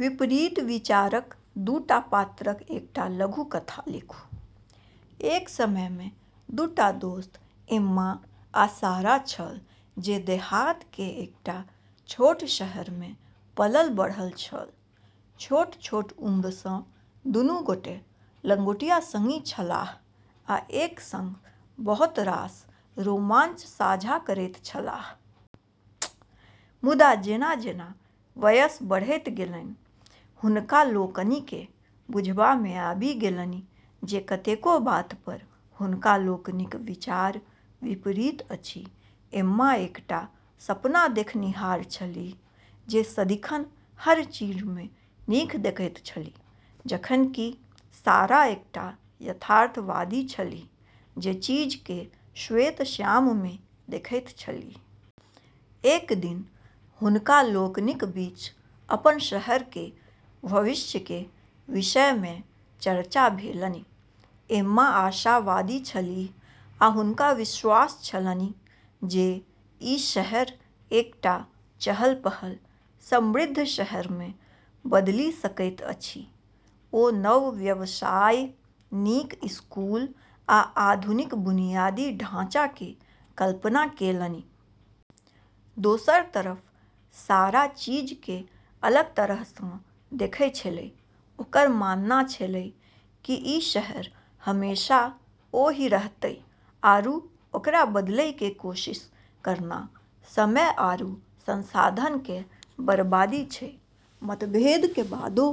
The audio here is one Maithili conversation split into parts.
विपरीत विचारक दूटा पात्रक एकटा लघुकथा लिखू:- एक समय में दू टा दोस्त एम्मा आ सारा छल जे देहात के एकटा छोट शहर में पलल-बढ़ल छल। छोट-छोट उम्र सँ दुनू गोटे लंगोटिया संगी छलाह आ एक संग बहुत रास रोमांच साझा करैत छलाह। मुदा जेना-जेना वयस बढ़ैत गेलनि, हुनका लोकनि केँ बुझबा में आबि गेलनि जे कतेको बात पर हुनका लोकनिक विचार विपरीत अछि। एम्मा एकटा सपना देखनिहार छलीह जे सदिखन हर चीज में नीक देखैत छलीह, जखन कि सारा एकटा यथार्थवादी छलीह जे चीज केँ श्वेत-श्याम में देखैत छलीह। एक दिन हुनका लोकनिक बीच अपन शहर के भविष्य के विषय में चर्चा भेलनि। एम्मा आशावादी छलीह आ हुनका विश्वास छलनि जे ई शहर एकटा चहल-पहल, समृद्ध शहर में बदलि सकैत अछि। ओ नव व्यवसाय, नीक स्कूल, आ आधुनिक बुनियादी ढांचा के कल्पना केलनि। दोसर तरफ सारा चीज केँ अलग तरह सँ देखै छेलै, ओकर मानना छेलै कि ई शहर हमेशा ओही रहतै, आरू ओकरा बदलै के कोशिश करना समय आरू संसाधन के बर्बादी छै। मतभेद के बादो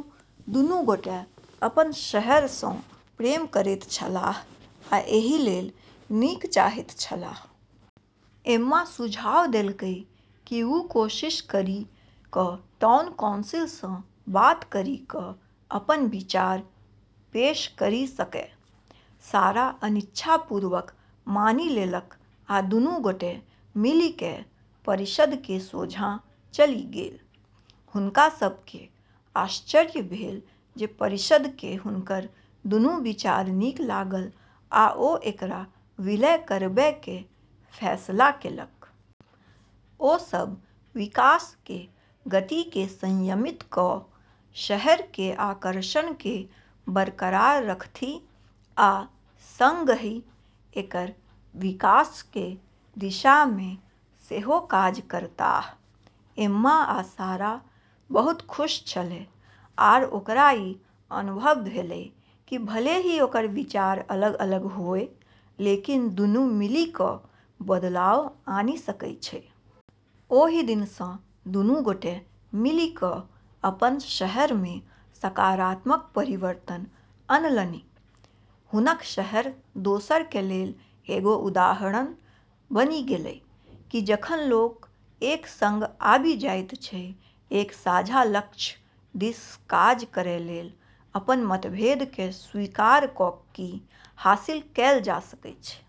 दुनू गोटे अपन शहर सँ प्रेम करैत छलाह आ एहि लेल नीक चाहैत छलाह। एम्मा सुझाव देलकै कि वू कोशिश करी कऽ टाउन काउंसिल सँ बात करी कऽ अपन विचार पेश करी सकै। सारा अनिच्छापूर्वक मानि लेलक आ दुनू गोटे मिलिकय परिषद् के सोझाँ चलि गेल। हुनका सब केँ आश्चर्य भेल जे परिषद् केँ हुनकर दूनू विचार नीक लागल आ ओ एकरा विलय करबय के फैसला केलक। ओ सब विकास के गति केँ संयमित कऽ शहर के आकर्षण केँ बरकरार रखथि आ संगहि एकर विकास के दिशा में सेहो काज करताह। एम्मा आ सारा बहुत खुश छलै आर ओकरा ई अनुभव भेलै कि भले ही ओकर विचार अलग-अलग होय, लेकिन दुनू मिलि कऽ बदलाव आनि सकै छै। ओहि दिन सँ दुनू गोटे मिलि क' अपन शहर में सकारात्मक परिवर्तन अनलनि। हुनक शहर दोसर के लेल एगो उदाहरण बनी गेलै, कि जखन लोग एक संग आबि जाइत छै, एक साझा लक्ष्य दिस काज करय लेल अपन मतभेद के स्वीकार कऽ की हासिल कएल जा सकै छै।